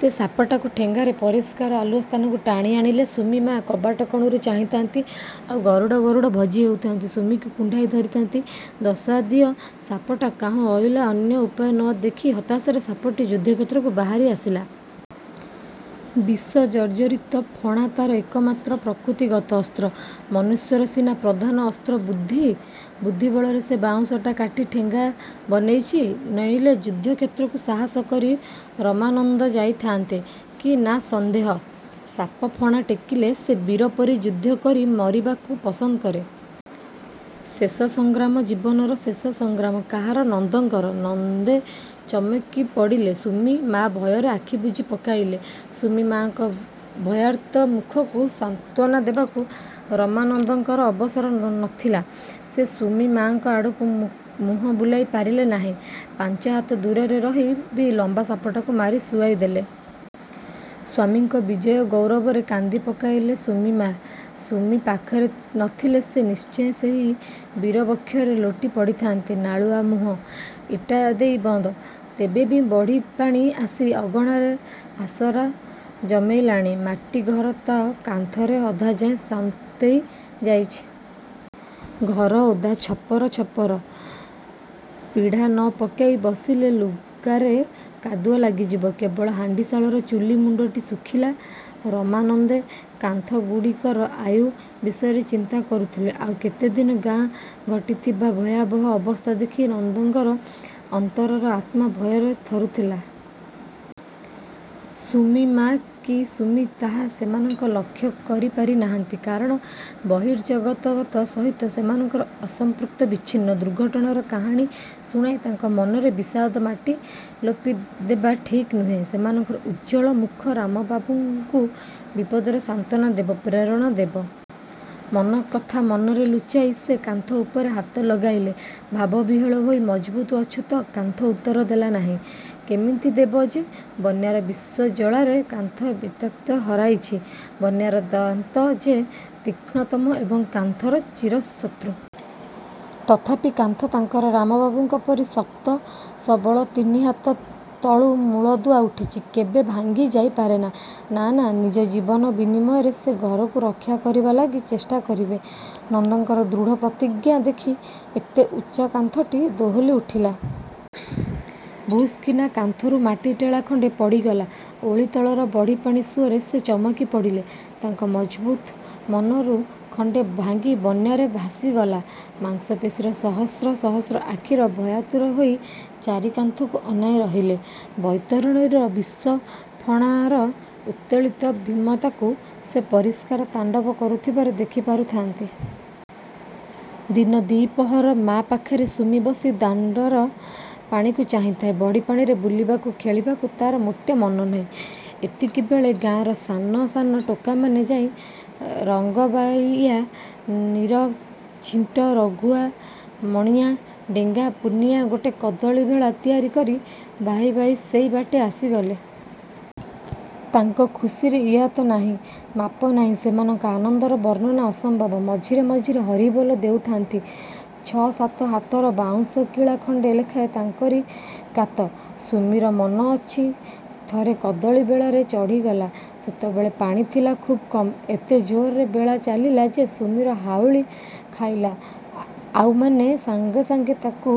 ସେ ସାପଟାକୁ ଠେଙ୍ଗାରେ ପରିଷ୍କାର ଆଲୁଅ ସ୍ଥାନକୁ ଟାଣି ଆଣିଲେ। ସୁମି ମା କବାଟ କଣରୁ ଚାହିଁଥାନ୍ତି, ଆଉ ଗରୁଡ଼ ଗରୁଡ଼ ଭଜି ହେଉଥାନ୍ତି। ସୁମିକୁ କୁଣ୍ଢାଇ ଧରିଥାନ୍ତି। ଦଶାଦିଆ ସାପଟା କାହୁଁ ଅଇଲା। ଅନ୍ୟ ଉପାୟ ନ ଦେଖି ହତାଶରେ ସାପଟି ଯୁଦ୍ଧକ୍ଷେତ୍ରକୁ ବାହାରି ଆସିଲା। ବିଷ ଜର୍ଜରିତ ଫଣା ତାର ଏକମାତ୍ର ପ୍ରକୃତିଗତ ଅସ୍ତ୍ର। ମନୁଷ୍ୟର ସିନା ପ୍ରଧାନ ଅସ୍ତ୍ର ବୁଦ୍ଧି–ବୁଦ୍ଧି ବଳରେ ସେ ବାଉଁଶ କାଟି ଠେଙ୍ଗା ବନେଇଚି। ନଇଲେ ଯୁଦ୍ଧକ୍ଷେତ୍ରକୁ ସାହସ କରି ରାମାନନ୍ଦେ ଯାଇଥାନ୍ତେ କି ନା ସନ୍ଦେହ। ସାପ ଫଣା ଟେକିଲା। ସେ ବୀର ପରି ଯୁଦ୍ଧକରି ମରିବାକୁ ପସନ୍ଦ କରେ। ଶେଷ ସଂଗ୍ରାମ, ଜୀବନର ଶେଷ ସଂଗ୍ରାମ; କାହାର? ନନ୍ଦଙ୍କର? ନନ୍ଦେ ଚମକି ପଡ଼ିଲେ। ସୁମି ମା ଭୟରେ ଆଖି ବୁଜି ପକେଇଲେ। ସୁମି ମାଙ୍କ ଭୟାର୍ତ୍ତ ମୁଖକୁ ସାନ୍ତ୍ୱନା ଦେବାକୁ ରାମାନନ୍ଦଙ୍କର ଅବସର ନଥିଲା। ସେ ସୁମିମାଙ୍କ ଆଡ଼କୁ ମୁହଁ ବୁଲେଇ ପାରିଲେ ନାଇଁ। ପାଞ୍ଚହାତ ଦୂରରେ ରହି ବି ଲମ୍ବା ସାପଟାକୁ ମାରି ଶୁଆଇ ଦେଲେ। ସ୍ୱାମୀଙ୍କ ବିଜୟ ଗୌରବରେ କାନ୍ଦି ପକେଇଲେ ସୁମି ମା। ସୁମି ପାଖରେ ନଥିଲେ ସେ ନିଶ୍ଚୟ ସେଇ ବୀର ବକ୍ଷରେ ଲୋଟି ପଡ଼ିଥାନ୍ତେ। ନାଳୁଆମୁହଁ ଇଟା ଦେଇ ବନ୍ଦ। ତେବେ ବି ବଢ଼ିପାଣି ଆସି ଅଗଣାରେ ଆସର ଜମେଇଲାଣି। ମାଟି ଘର ତ। କାନ୍ଥର ଅଧାଯାଏଁ ସନ୍ତେଇ ଯାଇଚି। ଘରେ ଓଦା ଚପର ଚପର। ପିଢ଼ା ନ ପକେଇ ବସିଲେ ଲୁଗାରେ କାଦୁଅ ଲାଗିଯିବ। କେବଳ ହାଣ୍ଡିଶାଳର ଚୁଲି ମୁଣ୍ଡଟି ଶୁଖିଲା-। ରାମାନନ୍ଦେ କାନ୍ଥଗୁଡ଼ିକର ଆୟୁ ବିଷୟରେ ଚିନ୍ତା କରୁଥିଲେ। ଆଉ କେତେଦିନ। ଗାଁରେ ଘଟିଥିବା ଭୟାବହ ଅବସ୍ଥା ଦେଖି ନନ୍ଦଙ୍କର ଅନ୍ତର ଆତ୍ମା ଭୟରେ ଥରୁଥିଲା। ସୁମି ମା କି ସୁମି ତାହା ସେମାନଙ୍କ ଲକ୍ଷ୍ୟ କରିପାରି ନାହାନ୍ତି। କାରଣ ବହିର୍ଜଗତ ସହିତ ସେମାନେ ଅସଂପୃକ୍ତ, ବିଚ୍ଛିନ୍ନ। ଦୁର୍ଘଟଣାର କାହାଣୀ ଶୁଣାଇ ତାଙ୍କ ମନରେ ବିଷାଦର ମାଟି ଲେପି ଦେବା ଠିକ୍ ନୁହେଁ। ସେମାନଙ୍କର ଉଜ୍ଜ୍ୱଳ ମୁଖ ରାମବାବୁଙ୍କୁ ବିପଦରେ ସାନ୍ତ୍ୱନା ଦେବ, ପ୍ରେରଣା ଦେବ। ମନ କଥା ମନରେ ଲୁଚେଇ ସେ କାନ୍ଥ ଉପରେ ହାତ ଲଗାଇଲେ ଭାବ ବିହ୍ୱଳ ହୋଇ। ମଜବୁତ ଅଛୁ ତ? କାନ୍ଥ ଉତ୍ତର ଦେଲା ନାଇଁ। କେମିତି ଦେବ ଯେ? ବନ୍ୟାର ବିଷ ଜ୍ୱାଳାରେ କାନ୍ଥ ବାକ୍ଶକ୍ତି ହରାଇଚି; ବନ୍ୟାର ଦାନ୍ତ ଯେ ତୀକ୍ଷ୍ଣତମ ଏବଂ କାନ୍ଥର ଚିରଶତ୍ରୁ। ତଥାପି, କାନ୍ଥ ତାଙ୍କର ରାମବାବୁଙ୍କ ପରି ଶକ୍ତ, ସବଳ। ତିନିହାତ ତଳୁ ମୂଳଦୁଆ ଉଠିଛି–କେବେ ଭାଙ୍ଗି ଯାଇ ପାରେନା। ନା ନା। ନିଜ ଜୀବନ ବିନିମୟରେ ସେ ଘରକୁ ରକ୍ଷା କରିବା ଲାଗି ଚେଷ୍ଟା କରିବେ। ନନ୍ଦଙ୍କର ଦୃଢ଼ ପ୍ରତିଜ୍ଞା ଦେଖି ଏତେ ଉଚ୍ଚା କାନ୍ଥଟା ଦୋହଲି ଉଠିଲା। ଭୁସ୍କିନା କାନ୍ଥରୁ ମାଟି ଟେଳା ଖଣ୍ଡେ ପଡ଼ିଗଲା ଓଳି ତଳର ବଢ଼ିପାଣି ସୁଅରେ। ସେ ଚମକି ପଡ଼ିଲେ। ତାଙ୍କ ମଜ୍ବୁତ ମନରୁ ଖଣ୍ଡେ ଭାଙ୍ଗି ବନ୍ୟାରେ ଭାସିଗଲା। ମାଂସପେଶୀର ସହସ୍ର ସହସ୍ର ଆଖି ଭୟାତୁର ହୋଇ ଚାରିକାନ୍ଥକୁ ଅନାଇ ରହିଲେ। ବୈତରଣୀର ବିଷ ଫଣାର ଉତ୍ତୋଳିତ ଭୀମତାକୁ ସେ ପରିଷ୍କାର ତାଣ୍ଡବ କରୁଥିବାର ଦେଖିପାରୁଥାନ୍ତି। ଦିନ ଦି-ପହର। ମା' ପାଖରେ ସୁମି ବସି ଦାଣ୍ଡର ପାଣିକୁ ଚାହିଁଥାଏ। ବଢ଼ିପାଣିରେ ବୁଲିବାକୁ ଖେଳିବାକୁ ତାର ମୋଟେ ମନନାଇଁ। ଏତିକିବେଳେ ଗାଁର ସାନ, ସାନ ଟୋକାମାନେ ଯଥା–ରଙ୍କବାଇଆ, ନୀର, ଝିଣ୍ଟ, ରଘୁଆ ମଣିଆ, ଡେଙ୍ଗା, ପୁନିଆ ଗୋଟାଏ କଦଳୀ ଭେଳା ତିଆରି କରି ବାହି ବାହି ସେଇବାଟେ ଆସିଲେ। ତାଙ୍କ ଖୁସିରେ ଇୟତ୍ତା ନାଇଁ, ମାପନାଇଁ। ସେମାନଙ୍କ ଆନନ୍ଦର ବର୍ଣ୍ଣନା ଅସମ୍ଭବ। ମଝିରେ ମଝିରେ ହରିବୋଲ ଦେଉଥାନ୍ତି। ଛ-ସାତ ହାତର ବାଉଁଶ କିଳା ଖଣ୍ଡେ ଲେଖାଁ ତାଙ୍କରି କାତ। ସୁମିର ମନେଅଛି–ଥରେ କଦଳୀ ଭେଳାରେ ଚଢ଼ିଗଲା। ସେତେବେଳେ ପାଣି ଥିଲା ଖୁବ୍ କମ୍। ଏତେ ଜୋରରେ ଭେଳା ଚାଲିଲା ଯେ, ସୁମି ହାଉଳି ଖାଇଲା, ଆଉମାନେ ସାଙ୍ଗେ ସାଙ୍ଗେ ତାକୁ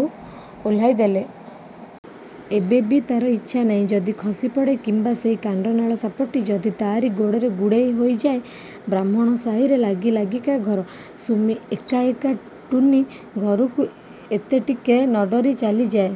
ଓହ୍ଲେଇ ଦେଲେ। ଏବେ ବି ତାର ଇଚ୍ଛା ନାହିଁ। ଯଦି ଖସିପଡ଼େ? କିମ୍ବା ସେଇ କାଣ୍ଡନଳ ସାପଟା ଯଦି ତାରି ଗୋଡ଼ରେ ଗୁଡ଼େଇ ହୋଇଯାଏ? ବ୍ରାହ୍ମଣ ସାଇରେ ଲାଗି-ଲାଗିକା ଘର। ସୁମି ଏକା ଏକା ଟୁନୀ ଘରକୁ ଏତେ ଟିକେ ନଡରି ଚାଲିଯାଏ।